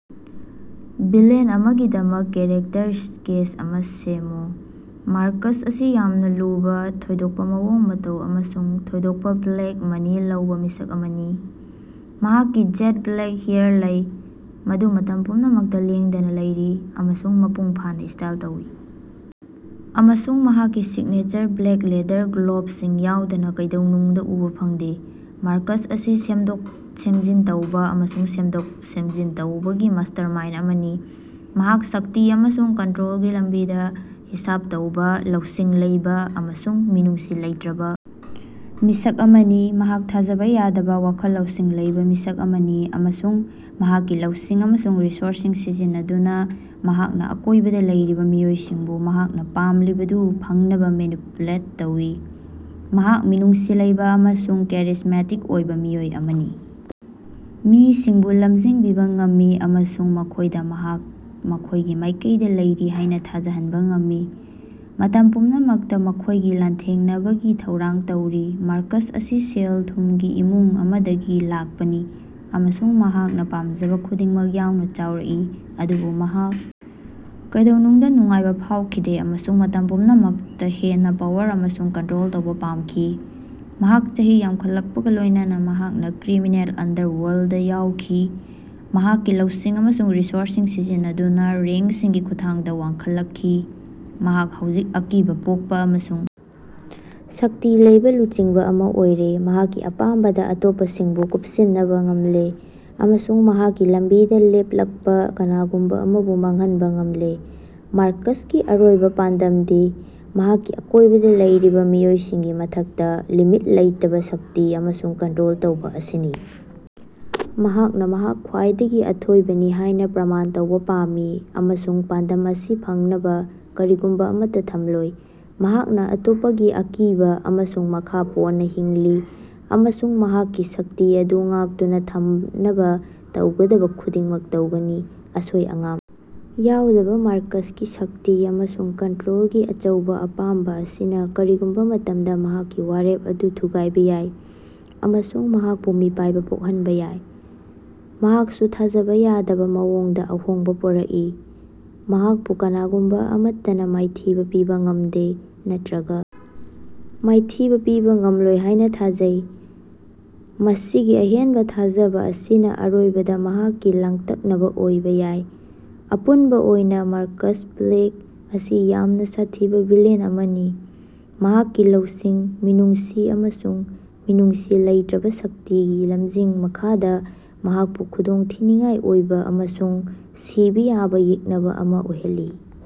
Villain ꯑꯃꯥꯒꯤꯗꯃꯛ character sketch ꯑꯃꯥ ꯁꯦꯝꯃꯨ꯫ꯃꯥꯔꯀꯁ ꯑꯁꯤ ꯌꯥꯝꯅꯥ ꯂꯨꯕꯥ, ꯊꯣꯏꯗꯣꯛꯄꯥ ꯃꯑꯣꯡ ꯃꯇꯧ ꯑꯃꯁꯨꯡ ꯊꯣꯏꯗꯣꯛꯄꯥ ꯕ꯭ꯂꯦꯛ ꯃꯅꯤ ꯂꯩꯕꯥ ꯃꯤꯁꯛ ꯑꯃꯅꯤ꯫ ꯃꯍꯥꯛꯀꯤ ꯖꯦꯠ-ꯕ꯭ꯂꯦꯛ ꯍꯦꯌꯥꯔ ꯂꯩ, ꯃꯗꯨ ꯃꯇꯝ ꯄꯨꯝꯅꯃꯛꯇꯥ ꯂꯦꯡꯗꯅꯥ ꯂꯩꯔꯤ ꯑꯃꯁꯨꯡ ꯃꯄꯨꯡ ꯐꯥꯅꯥ ꯁ꯭ꯇꯥꯏꯜ ꯇꯧꯏ ꯑꯃꯁꯨꯡ ꯃꯍꯥꯛꯀꯤ ꯁꯤꯛꯅꯦꯆꯔ ꯕ꯭ꯂꯦꯛ ꯂꯦꯗꯔ ꯒ꯭ꯂꯣꯕꯁꯤꯡ ꯌꯥꯎꯗꯅꯥ ꯀꯩꯗꯧꯅꯨꯡꯗꯥ ꯎꯕꯥ ꯐꯪꯗꯦ꯫ ꯃꯥꯔꯀꯁ ꯑꯁꯤ ꯁꯦꯝꯗꯣꯛ ꯁꯦꯝꯖꯤꯟ ꯇꯧꯕ ꯑꯃꯁꯨꯡ ꯁꯦꯝꯗꯣꯛ ꯁꯦꯝꯖꯤꯟ ꯇꯧꯕꯒꯤ ꯃꯥꯁ꯭ꯇꯔꯃꯥꯏꯟꯗ ꯑꯃꯅꯤ꯫ ꯃꯍꯥꯛ ꯁꯛꯇꯤ ꯑꯃꯁꯨꯡ ꯀꯟꯠꯔꯣꯜꯒꯤ ꯂꯝꯕꯤꯗꯥ ꯍꯤꯁꯥꯕ ꯇꯧꯕ, ꯂꯧꯁꯤꯡ ꯂꯩꯕ ꯑꯃꯁꯨꯡ ꯃꯤꯅꯨꯡꯁꯤ ꯂꯩꯇ꯭ꯔꯕ ꯃꯤꯁꯛ ꯑꯃꯅꯤ꯫ ꯃꯍꯥꯛ ꯊꯥꯖꯕ ꯌꯥꯗꯕ ꯋꯥꯈꯜ ꯂꯧꯁꯤꯡ ꯂꯩꯕ ꯃꯤꯁꯛ ꯑꯃꯅꯤ ꯑꯃꯁꯨꯡ ꯃꯍꯥꯛꯀꯤ ꯂꯧꯁꯤꯡ ꯑꯃꯁꯨꯡ ꯔꯤꯁꯣꯔꯁꯁꯤꯡ ꯁꯤꯖꯤꯟꯅꯗꯨꯅꯥ ꯃꯍꯥꯛꯀꯤ ꯑꯀꯣꯏꯕꯗꯥ ꯂꯩꯔꯤꯕ ꯃꯤꯑꯣꯏꯁꯤꯡꯕꯨ ꯃꯍꯥꯛꯅꯥ ꯄꯥꯝꯂꯤꯕꯗꯨ ꯐꯪꯅꯕꯥ ꯃꯦꯅꯤꯄꯨꯂꯦꯠ ꯇꯧꯏ꯫ ꯃꯍꯥꯛ ꯃꯤꯅꯨꯡꯁꯤ ꯂꯩꯕ ꯑꯃꯁꯨꯡ ꯀꯦꯔꯤꯖꯃꯦꯇꯤꯛ ꯑꯣꯏꯕ ꯃꯤꯁꯛ ꯑꯃꯅꯤ, ꯃꯤꯁꯤꯡꯕꯨ ꯂꯝꯖꯤꯡꯕꯤꯕ ꯉꯝꯃꯤ ꯑꯃꯁꯨꯡ ꯃꯈꯣꯏꯗꯥ ꯃꯍꯥꯛ ꯃꯈꯣꯏꯒꯤ ꯃꯥꯏꯀꯩꯗꯥ ꯂꯩꯔꯤ ꯍꯥꯏꯅꯥ ꯊꯥꯖꯍꯟꯕꯥ ꯉꯝꯃꯤ, ꯃꯇꯝ ꯄꯨꯝꯅꯃꯛꯇꯥ ꯃꯈꯣꯏꯒꯤ ꯂꯥꯟꯊꯦꯡꯅꯕꯒꯤ ꯊꯧꯔꯥꯡ ꯇꯧꯔꯤ꯫ ꯃꯥꯔꯀꯁ ꯑꯁꯤ ꯁꯦꯜ ꯊꯨꯝꯒꯤ ꯏꯃꯨꯡ ꯑꯃꯥꯗꯒꯤ ꯂꯥꯛꯄꯅꯤ ꯑꯃꯁꯨꯡ ꯃꯍꯥꯛꯅꯥ ꯄꯥꯝꯖꯕꯥ ꯈꯨꯗꯤꯡꯃꯛ ꯌꯥꯎꯅꯥ ꯆꯥꯎꯔꯛꯈꯤ꯫ ꯑꯗꯨꯕꯨ ꯃꯍꯥꯛ ꯀꯩꯗꯧꯅꯨꯡꯗꯥ ꯅꯨꯡꯉꯥꯏꯕꯥ ꯐꯥꯎꯈꯤꯗꯦ ꯑꯃꯁꯨꯡ ꯃꯇꯝ ꯄꯨꯝꯅꯃꯛꯇꯥ ꯍꯦꯟꯅꯥ ꯄꯥꯋꯔ ꯑꯃꯁꯨꯡ ꯀꯟꯠꯔꯣꯜ ꯇꯧꯕ ꯄꯥꯝꯈꯤ꯫ ꯃꯍꯥꯛ ꯆꯍꯤ ꯌꯥꯝꯈꯠꯂꯛꯄꯒꯥ ꯂꯣꯏꯅꯅꯥ ꯃꯍꯥꯛꯅꯥ ꯀ꯭ꯔꯤꯃꯤꯅꯦꯜ ꯑꯟꯗꯔꯋꯔꯜꯗꯇꯥ ꯌꯥꯎꯈꯤ, ꯃꯍꯥꯛꯀꯤ ꯂꯧꯁꯤꯡ ꯑꯃꯁꯨꯡ ꯔꯤꯁꯣꯔꯁꯁꯤꯡ ꯁꯤꯖꯤꯟꯅꯗꯨꯅꯥ ꯔꯦꯉ꯭ꯀꯁꯤꯡꯒꯤ ꯈꯨꯠꯊꯥꯡꯗꯥ ꯋꯥꯡꯈꯠꯂꯛꯈꯤ꯫ ꯃꯍꯥꯛ ꯍꯧꯖꯤꯛ ꯑꯀꯤꯕꯥ ꯄꯣꯛꯄꯥ ꯑꯃꯁꯨꯡ ꯁꯛꯇꯤ ꯂꯩꯕ ꯂꯨꯆꯤꯡꯕꯥ ꯑꯃꯥ ꯑꯣꯏꯔꯦ꯫ ꯃꯍꯥꯛꯀꯤ ꯑꯄꯥꯝꯕꯗꯥ ꯑꯇꯣꯞꯄꯁꯤꯡꯕꯨ ꯀꯨꯄꯁꯤꯅꯕꯥ ꯉꯝꯂꯦ ꯑꯃꯁꯨꯡ ꯃꯍꯥꯛꯀꯤ ꯂꯝꯕꯤꯗꯥ ꯂꯦꯞꯂꯤꯕꯥ ꯀꯅꯥꯒꯨꯝꯕꯥ ꯑꯃꯕꯨ ꯃꯥꯡꯍꯟꯕꯥ ꯉꯝꯂꯦ꯫ ꯃꯥꯔꯀꯁꯀꯤ ꯑꯔꯣꯏꯕꯥ ꯄꯥꯟꯗꯝꯗꯤ ꯃꯍꯥꯛꯀꯤ ꯑꯀꯣꯏꯕꯗꯥ ꯂꯩꯔꯤꯕꯥ ꯃꯤꯑꯣꯏꯁꯤꯡꯒꯤ ꯃꯊꯛꯇꯥ ꯂꯤꯃꯤꯠ ꯂꯩꯇꯕꯥ ꯁꯛꯇꯤ ꯑꯃꯁꯨꯡ ꯀꯟꯠꯔꯣꯜ ꯇꯧꯕ ꯑꯁꯤꯅꯤ꯫ ꯃꯍꯥꯛꯅꯥ ꯃꯍꯥꯛ ꯈ꯭ꯋꯥꯏꯗꯒꯤ ꯑꯊꯣꯏꯕꯅꯤ ꯍꯥꯏꯕ ꯄ꯭ꯔꯃꯥꯟ ꯇꯧꯕ ꯄꯥꯝꯃꯤ ꯑꯃꯁꯨꯡ ꯄꯥꯟꯗꯝ ꯑꯁꯤ ꯐꯪꯅꯕꯥ ꯀꯔꯤꯒꯨꯝꯕꯥ ꯑꯃꯠꯇꯥ ꯊꯝꯂꯣꯏ꯫ ꯃꯍꯥꯛꯅꯥ ꯑꯇꯣꯞꯄꯒꯤ ꯑꯀꯤꯕꯥ ꯑꯃꯁꯨꯡ ꯃꯈꯥ ꯄꯣꯟꯅꯥ ꯍꯤꯡꯂꯤ ꯑꯃꯁꯨꯡ ꯃꯍꯥꯛꯀꯤ ꯁꯛꯇꯤ ꯑꯗꯨ ꯉꯥꯛꯇꯨꯅꯥ ꯊꯝꯅꯕꯥ ꯇꯧꯒꯗꯕꯥ ꯈꯨꯗꯤꯡꯃꯛ ꯇꯧꯒꯅꯤ꯫ ꯑꯁꯣꯏ ꯑꯉꯥꯝ ꯌꯥꯎꯗꯕꯥ ꯃꯥꯔꯀꯁꯀꯤ ꯁꯛꯇꯤ ꯑꯃꯁꯨꯡ ꯀꯟꯠꯔꯣꯜꯒꯤ ꯑꯆꯧꯕꯥ ꯑꯄꯥꯝꯕꯥ ꯑꯁꯤꯅꯥ ꯀꯔꯤꯒꯨꯝꯕꯥ ꯃꯇꯝꯗꯥ ꯃꯍꯥꯛꯀꯤ ꯋꯥꯔꯦꯞ ꯑꯗꯨ ꯊꯨꯒꯥꯏꯕꯥ ꯌꯥꯏ ꯑꯃꯁꯨꯡ ꯃꯍꯥꯛꯄꯨ ꯃꯤꯄꯥꯏꯕꯥ ꯄꯣꯛꯍꯟꯕꯥ ꯌꯥꯏ꯫ ꯃꯍꯥꯛꯁꯨ ꯊꯥꯖꯕꯥ ꯌꯥꯗꯕꯥ ꯃꯑꯣꯡꯗꯥ ꯑꯍꯣꯡꯕꯥ ꯄꯨꯔꯛꯏ, ꯃꯍꯥꯛꯄꯨ ꯀꯅꯥꯒꯨꯝꯕꯥ ꯑꯃꯠꯇꯅꯥ ꯃꯥꯏꯊꯤꯕꯥ ꯄꯤꯕꯥ ꯉꯃꯗꯦ ꯅꯠꯇ꯭ꯔꯒꯥ ꯃꯥꯏꯊꯤꯕꯥ ꯄꯤꯕꯥ ꯉꯝꯂꯣꯏ ꯍꯥꯏꯅꯥ ꯊꯥꯖꯩ꯫ ꯃꯁꯤꯒꯤ ꯑꯍꯦꯟꯕꯥ ꯊꯥꯖꯕꯥ ꯑꯁꯤꯅꯥ ꯑꯔꯣꯏꯕꯗꯥ ꯃꯍꯥꯛꯀꯤ ꯂꯥꯡꯇꯛꯅꯕꯥ ꯑꯣꯏꯕꯥ ꯌꯥꯏ꯫ ꯑꯄꯨꯟꯕꯥ ꯑꯣꯏꯅꯥ ꯃꯥꯔꯀꯁ ꯕ꯭ꯂꯦꯀꯎꯗ ꯑꯁꯤ ꯌꯥꯝꯅꯥ ꯁꯥꯊꯤꯕꯥ ꯚꯤꯂꯦꯟ ꯑꯃꯅꯤ꯫ ꯃꯍꯥꯛꯀꯤ ꯂꯧꯁꯤꯡ, ꯃꯤꯅꯨꯡꯁꯤ ꯑꯃꯁꯨꯡ ꯃꯤꯅꯨꯡꯁꯤ ꯂꯩꯇ꯭ꯔꯕꯥ ꯁꯛꯇꯤꯒꯤ ꯂꯝꯖꯤꯡ ꯃꯈꯥꯗꯥ ꯃꯍꯥꯛꯄꯨ ꯈꯨꯗꯣꯡꯊꯤꯅꯤꯡꯉꯥꯏ ꯑꯣꯏꯕ ꯑꯃꯁꯨꯡ ꯁꯤꯕꯥ ꯌꯥꯕ ꯌꯦꯛꯅꯕꯥ ꯑꯃꯥ ꯑꯣꯏꯍꯜꯂꯤ꯫